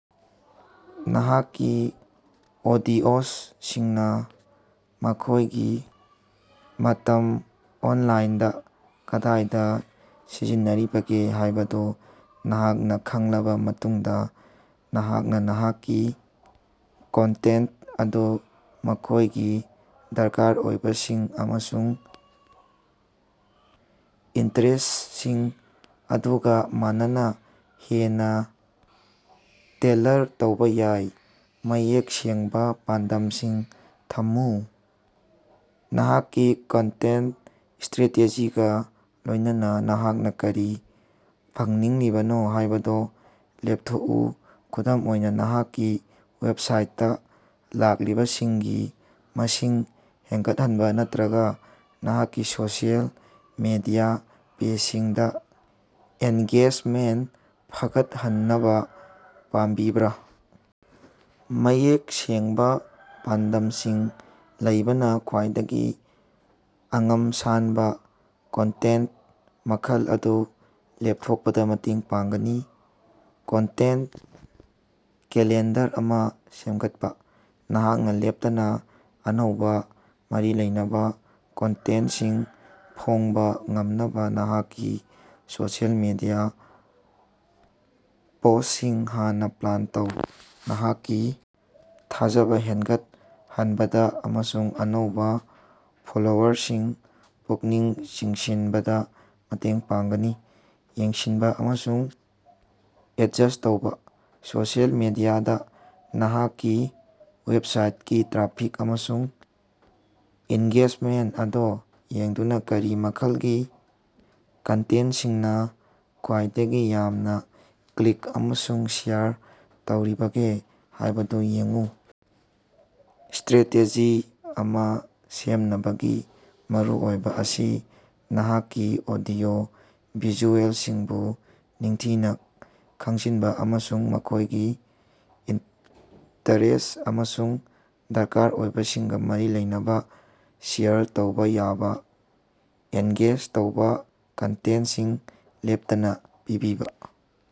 ꯅꯍꯥꯛꯀꯤ ꯑꯣꯗꯤꯑꯦꯁꯁꯤꯡꯅꯥ ꯃꯈꯣꯏꯒꯤ ꯃꯇꯝ ꯑꯣꯟꯂꯥꯏꯟꯗꯥ ꯀꯗꯥꯏꯗꯥ ꯁꯤꯖꯤꯟꯅꯔꯤꯕꯒꯦ ꯍꯥꯏꯕꯗꯨ ꯅꯍꯥꯛꯅꯥ ꯈꯪꯂꯕꯥ ꯃꯇꯨꯡꯗꯥ, ꯅꯍꯥꯛꯅꯥ ꯅꯍꯥꯛꯀꯤ ꯀꯟꯇꯦꯟ꯭ꯇ ꯑꯗꯨ ꯃꯈꯣꯏꯒꯤ ꯗꯔꯀꯥꯔ ꯑꯣꯏꯕꯁꯤꯡ ꯑꯃꯁꯨꯡ ꯏꯟꯇ꯭ꯔꯦꯁꯠꯁꯤꯡ ꯑꯗꯨꯒꯥ ꯃꯥꯟꯅꯅꯥ ꯍꯦꯟꯅꯥ ꯇꯦꯜꯂꯔ ꯇꯧꯕꯥ ꯌꯥꯏ꯫ ꯃꯌꯦꯛ ꯁꯦꯡꯕꯥ ꯄꯥꯟꯗꯝꯁꯤꯡ ꯊꯝꯃꯨ: ꯅꯍꯥꯛꯀꯤ ꯀꯟꯇꯦꯟ꯭ꯇ ꯁꯇ꯭ꯔꯥꯇꯦꯖꯤꯒꯥ ꯂꯣꯏꯅꯅꯥ ꯅꯍꯥꯛꯅꯥ ꯀꯔꯤ ꯐꯪꯅꯤꯡꯂꯤꯕꯒꯦ ꯍꯥꯏꯕꯗꯨ ꯂꯦꯞꯊꯣꯀꯑꯨ꯫ ꯈꯨꯗꯝ ꯑꯣꯏꯅꯥ, ꯅꯍꯥꯛꯀꯤ ꯋꯦꯕꯁꯥꯏꯠꯇꯥ ꯂꯥꯛꯂꯤꯕꯁꯤꯡꯒꯤ ꯃꯁꯤꯡ ꯍꯦꯒꯠꯍꯟꯕꯥ ꯅꯠꯇ꯭ꯔꯒꯥ ꯅꯍꯥꯛꯀꯤ ꯁꯣꯁꯤꯑꯦꯜ ꯃꯤꯗꯤꯌꯥ ꯄꯦꯖꯁꯤꯡꯗꯥ ꯑꯦꯟꯒꯦꯖꯃꯦꯟꯇ ꯐꯒꯠꯍꯅꯕꯥ ꯄꯥꯝꯕꯤꯕ꯭ꯔꯥ? ꯃꯌꯦꯛ ꯁꯦꯡꯕꯥ ꯄꯥꯟꯗꯝꯁꯤꯡ ꯂꯩꯕꯅꯥ ꯈ꯭ꯋꯥꯏꯗꯒꯤ ꯃꯉꯝ ꯁꯥꯟꯕꯥ ꯀꯟꯇꯦꯟ꯭ꯇ ꯃꯈꯜ ꯑꯗꯨ ꯂꯦꯄꯊꯣꯛꯄꯗꯥ ꯃꯇꯦꯡ ꯄꯥꯡꯒꯅꯤ꯫ ꯀꯟꯇꯦꯟ꯭ꯇ ꯀꯦꯂꯦꯟꯗꯔ ꯑꯃꯥ ꯁꯦꯃꯒꯠꯄꯥ: ꯅꯍꯥꯛꯅꯥ ꯂꯦꯞꯇꯅꯥ ꯑꯅꯧꯕꯥ, ꯃꯔꯤ ꯂꯩꯅꯕꯥ ꯀꯟꯇꯦꯟ꯭ꯇꯁꯤꯡ ꯐꯣꯉꯕꯥ ꯉꯝꯅꯕꯥ ꯅꯍꯥꯛꯀꯤ ꯁꯣꯁꯤꯑꯦꯜ ꯃꯤꯗꯤꯌꯥ ꯄꯣꯁꯠꯁꯤꯡ ꯍꯥꯟꯅꯥ ꯄ꯭ꯂꯥꯟ ꯇꯧ꯫ ꯅꯍꯥꯛꯀꯤ ꯊꯥꯖꯕꯥ ꯍꯦꯒꯠꯍꯟꯕꯗꯥ ꯑꯃꯁꯨꯡ ꯑꯅꯧꯕꯥ ꯐꯣꯂꯣꯋꯔꯁꯤꯡ ꯄꯨꯛꯅꯤꯡ ꯆꯤꯡꯁꯤꯅꯕꯗꯥ ꯃꯇꯦꯡ ꯄꯥꯡꯒꯅꯤ꯫ ꯌꯦꯡꯁꯤꯟꯕꯥ ꯑꯃꯁꯨꯡ ꯑꯦꯗꯖꯁꯠ ꯇꯧꯕꯥ: ꯁꯣꯁꯤꯑꯦꯜ ꯃꯤꯗꯤꯌꯥꯗꯥ ꯅꯍꯥꯛꯀꯤ ꯋꯦꯕꯁꯥꯏꯠꯀꯤ ꯇ꯭ꯔꯥꯐꯤꯛ ꯑꯃꯁꯨꯡ ꯑꯦꯟꯒꯦꯖꯃꯦꯟꯠ ꯑꯗꯨ ꯌꯦꯡꯗꯨꯅꯥ ꯀꯔꯤ ꯃꯈꯜꯒꯤ ꯀꯟꯇꯦꯟ꯭ꯇꯁꯤꯡꯅꯥ ꯈ꯭ꯋꯥꯏꯗꯒꯤ ꯌꯥꯃꯅꯥ ꯀ꯭ꯂꯤꯛ ꯑꯃꯁꯨꯡ ꯁꯤꯌꯔ ꯇꯧꯔꯤꯕꯒꯦ ꯍꯥꯏꯕꯗꯨ ꯌꯦꯡꯑꯨ꯫ ꯁꯇ꯭ꯔꯦꯇꯦꯖꯤ ꯑꯃꯥ ꯁꯦꯝꯅꯕꯒꯤ ꯃꯔꯨꯑꯣꯏꯕꯥ ꯑꯁꯤ ꯅꯍꯥꯛꯀꯤ ꯑꯣꯗꯤꯑꯣ-ꯚꯤꯖꯨꯑꯦꯜꯁꯤꯡꯕꯨ ꯅꯤꯡꯊꯤꯅꯥ ꯈꯪꯖꯤꯅꯕꯥ ꯑꯃꯁꯨꯡ ꯃꯈꯣꯏꯒꯤ ꯏꯟꯇ꯭ꯔꯦꯁꯠ ꯑꯃꯁꯨꯡ ꯗꯔꯀꯥꯔ ꯑꯣꯏꯕꯁꯤꯡꯒꯥ ꯃꯔꯤ ꯂꯩꯅꯕꯥ ꯁꯤꯌꯔ ꯇꯧꯕꯥ ꯌꯥꯕꯥ, ꯑꯦꯟꯒꯦꯖ ꯇꯧꯕꯥ ꯀꯟꯇꯦꯟ꯭ꯇ ꯁꯤꯡ ꯂꯦꯞꯇꯅꯥ ꯄꯤꯕꯅꯤ꯫